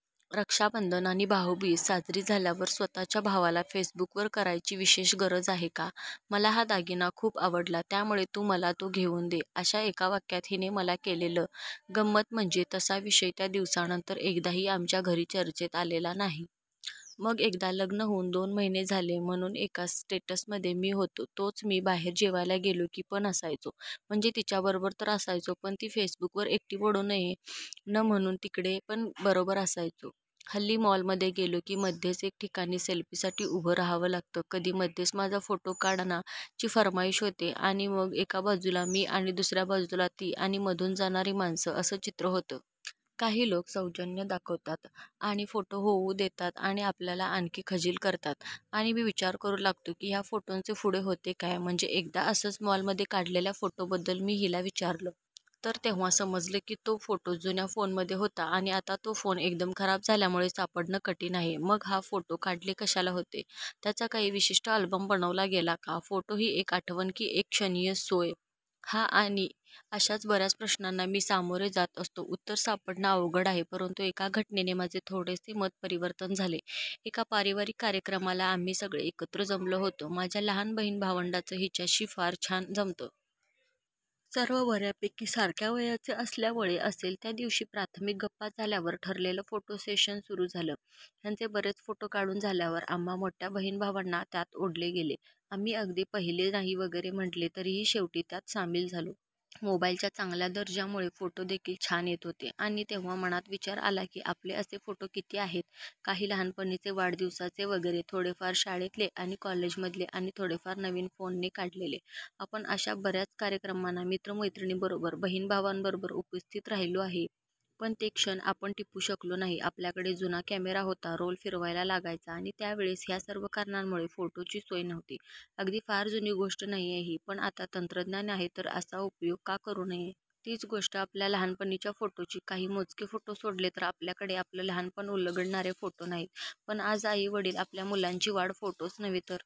रक्षाबंधन किंवा भाऊबीज साजरी झाल्यावर स्वतःच्या भावाला फेसबुकवर करायची विशेष गरज आहे का? मला हा दागिना खूप आवडला त्यामुळे तू मला तो घेऊन दे, अशा एका वाक्यात हिने मला केलेलं. गंमत म्हणजे तसा विषय त्या दिवसानंतर एकदाही आमच्या घरी चर्चेत आलेला नाही. मग एकदा लग्न होऊन दोन महिने झाले म्हणून एका स्टेटसमध्ये मी होतो. तोच मी बाहेर जेवायला गेलो की पण असायचो. म्हणजे तिच्या बरोबर तर असायचो पण ती फेसबुकवर एकटी पडू नये न म्हणून तिकडे पण बरोबर असायचो. हल्ली मॉलमध्ये गेलो की मध्येच एके ठिकाणी सेल्फीसाठी उभं रहावं लागतं. कधी मध्येच माझा फोटो काढ ना ची फर्माइश होते आणि मग एका बाजूला मी आणि दुसऱ्या बाजूला ती आणि मधून जाणारी माणसं असं चित्र होतं. काही लोकं सौजन्य दाखवतात आणि फोटो होऊ देतात आणि आपल्याला आणखी खजील करतात. आणि मी विचार करू लागतो की ह्या फोटोंचे पुढे होते काय? म्हणजे एकदा असंच मॉलमध्ये काढलेल्या फोटोबद्दल मी हिला विचारलं. तर तेव्हा समजलं की तो फोटो जुन्या फोनमध्ये होता आणि आता तो फोन एकदम खराब झाल्यामुळे सापडणं कठीण आहे. मग हे फोटो काढले कशाला होते? त्याचा काही विशिष्ट अल्बम बनवला गेला का? फोटो ही एक आठवण की एक क्षणिक सोय? ह्या आणि अशा बऱ्याच प्रश्नांना मी सामोरे जात असतो. उत्तर सापडणं अवघड आहे. परंतु एका घटनेने माझे थोडेसे मत-परिवर्तन झाले. एका पारिवारिक कार्यक्रमाला आम्ही सगळे एकत्र जमलो होतो. माझ्या लहान बहिण-भावंडांचं हिच्याशी फार छान जमतं. सर्व बऱ्यापैकी सारख्या वयाचे असल्यामुळे असेल. त्या दिवशी प्राथमिक गप्पा झाल्यावर ठरलेलं फोटो सेशन सुरू झालं. ह्यांचे बरेच फोटो काढून झाल्यावर आम्हा मोठ्या बहिण-भावांना त्यात ओढले गेले. आम्ही अगदी पहिले नाही वगैरे म्हटले तरीही शेवटी त्यात सामील झालो. मोबाईलच्या चांगल्या दर्जामुळे फोटो देखील छान येत होते. आणि तेव्हा मनात विचार आला की आपले असे फोटो किती आहेत? काही लहानपणीचे वाढदिवसाचे वगैरे, थोडेफार शाळेतले काही कॉलेजमधले आणि थोडेफार नवीन फोनने काढलेले. आपण अशा बऱ्याच कार्यक्रमांना मित्र-मैत्रिणींबरोबर, बहिण-भावांबरोबर उपस्थित राहिलो आहे? पण ते क्षण आपण टिपू शकलो नाही. आपल्याकडे जुना कॅमेरा होता, रोल फिरवायला लागायचा आणि त्यावेळेस ह्या सर्व कारणांमुळे फोटोची सवय नव्हती. अगदी फार जुनी गोष्ट नाही ही. पण आता तंत्रज्ञान आहे तर असा उपयोग का करू नये? तीच गोष्ट आपल्या लहानपणीच्या फोटोंची! काही मोजके फोटो सोडले तर आपल्याकडे आपलं लहानपण उलगडणारे फोटो नाहीत. पण आज आई-वडील आपल्या मुलांची वाढ फोटोच नव्हे तर